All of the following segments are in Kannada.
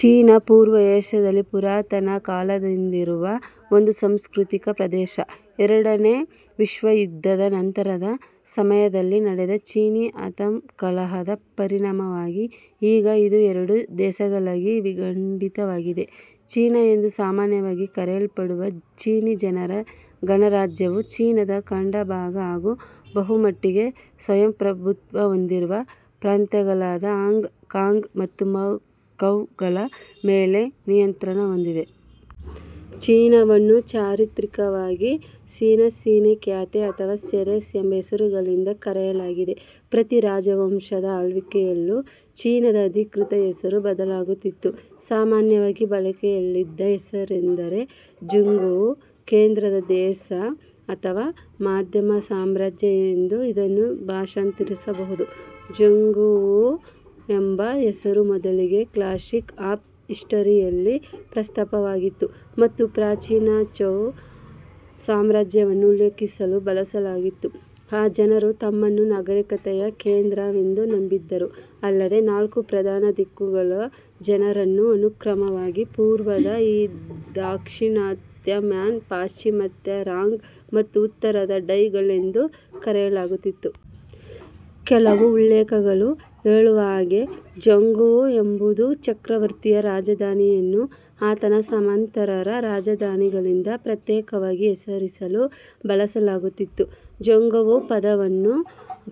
ಚೀನಾ ಪೂರ್ವ ಏಷ್ಯಾದಲ್ಲಿ ಪುರಾತನ ಕಾಲದಿಂದಿರುವ ಒಂದು ಸಂಸ್ಕೃತಿಕ ಪ್ರದೇಶ. ಎರಡನೇ ವಿಶ್ವಯುದ್ಧದ ನಂತರದ ಸಮಯದಲ್ಲಿ ನಡೆದ ಚೀನಿ ಅಂತಃಕಲಹದ ಪರಿಣಾಮವಾಗಿ ಈಗ ಇದು ಎರಡು ದೇಶಗಳಾಗಿ ವಿಂಗಡಿತವಾಗಿದೆ: ಚೀನಾ ಎಂದು ಸಾಮಾನ್ಯವಾಗಿ ಕರೆಯಲ್ಪಡುವ ಚೀನಿ ಜನರ ಗಣರಾಜ್ಯ ವು ಚೀನದ ಖಂಡ ಭಾಗ, ಹಾಗೂ ಬಹುಮಟ್ಟಿಗೆ ಸ್ವಯಂಪ್ರಭುತ್ವ ಹೊಂದಿರುವ ಪ್ರಾಂತ್ಯಗಳಾದ ಹಾಂಗ್ ಕಾಂಗ್ ಮತ್ತು ಮಕೌ ಗಳ ಮೇಲೆ ನಿಯಂತ್ರಣ ಹೊಂದಿದೆ. ಚೀನಾವನ್ನು ಚಾರಿತ್ರಿಕವಾಗಿ ಸಿನಾ, ಸಿನೇ, ಕ್ಯಾಥೆ, ಅಥವಾ ಸೆರೆಸ್ ಎಂಬ ಹೆಸರುಗಳಿಂದ ಕರೆಯಲಾಗಿದೆ. ಪ್ರತಿ ರಾಜವಂಶದ ಆಳ್ವಿಕೆಯಲ್ಲೂ ಚೀನಾದ ಅಧಿಕೃತ ಹೆಸರು ಬದಲಾಗುತ್ತಿತ್ತು. ಸಾಮಾನ್ಯವಾಗಿ ಬಳಕೆಯಲ್ಲಿದ್ದ ಹೆಸರೆಂದರೆ ಝಾಂಗ್ಗುವೊ. "ಕೇಂದ್ರದ ದೇಶ" ಅಥವಾ "ಮಧ್ಯಮ ಸಾಮ್ರಾಜ್ಯ" ಎಂದು ಇದನ್ನು ಭಾಷಾಂತರಿಸಬಹುದು. ಝಾಂಗ್ಗುವೋ ಎಂಬ ಹೆಸರು ಮೊದಲಿಗೆ ಕ್ಲಾಸಿಕ್ ಆಫ್ ಹಿಸ್ಟರಿ ಯಲ್ಲಿ ಪ್ರಸ್ತಾಪವಾಗಿತ್ತು, ಮತ್ತು ಪ್ರಾಚೀನ ಝೌ ಸಾಮ್ರಾಜ್ಯವನ್ನು ಉಲ್ಲೇಖಿಸಲು ಬಳಸಲಾಗಿತ್ತು, ಆ ಜನರು ತಮ್ಮನ್ನು "ನಾಗರೀಕತೆಯ ಕೇಂದ್ರ" ವೆಂದು ನಂಬಿದ್ದರು, ಅಲ್ಲದೇ ನಾಲ್ಕು ಪ್ರಧಾನ ದಿಕ್ಕುಗಳ ಜನರನ್ನು ಅನುಕ್ರಮವಾಗಿ ಪೂರ್ವದ ಯಿ, ದಾಕ್ಷಿಣಾತ್ಯ ಮಾನ್, ಪಾಶ್ಚಿಮಾತ್ಯ ರಾಂಗ್ ಮತ್ತು ಉತ್ತರದ ಡೈ ಗಳೆಂದು ಕರೆಯಲಾಗುತ್ತಿತ್ತು. ಕೆಲವು ಉಲ್ಲೇಖಗಳು ಹೇಳುವ ಹಾಗೆ "ಝಾಂಗ್ಗುವೋ" ಎಂಬುದು ಚಕ್ರವರ್ತಿಯ ರಾಜಧಾನಿಯನ್ನು, ಆತನ ಸಾಮಂತ ರ ರಾಜಧಾನಿಗಳಿಂದ ಪ್ರತ್ಯೇಕವಾಗಿ ಹೆಸರಿಸಲು ಬಳಸಲಾಗುತ್ತಿತ್ತು. " ಝಾಂಗ್ಗುವೋ " ಪದವನ್ನು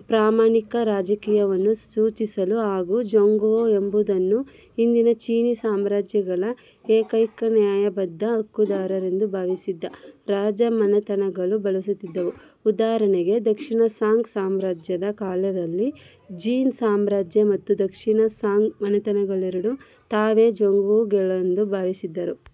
ಪ್ರಾಮಾಣಿಕ ರಾಜಕೀಯವನ್ನು ಸೂಚಿಸಲು, ಹಾಗೂ " ಝಾಂಗ್ಗುವೋ " ಎಂಬುದನ್ನು ಹಿಂದಿನ ಚೀನೀ ಸಾಮ್ರಾಜ್ಯಗಳ ಏಕೈಕ ನ್ಯಾಯಬದ್ಧ ಹಕ್ಕುದಾರರೆಂದು ಭಾವಿಸಿದ್ದ ರಾಜಮನೆತನಗಳು ಬಳಸುತ್ತಿದ್ದವು; ಉದಾಹರಣೆಗೆ, ದಕ್ಷಿಣ ಸಾಂಗ್ ಸಾಮ್ರಾಜ್ಯದ ಕಾಲದಲ್ಲಿ, ಜಿನ್ ಸಾಮ್ರಾಜ್ಯ ಮತ್ತು ದಕ್ಷಿಣ ಸಾಂಗ್ ಮನೆತನಗಳೆರಡೂ ತಾವೇ " ಝಾಂಗ್ಗುವೋ " ಗಳೆಂದು ಭಾವಿಸಿದ್ದರು.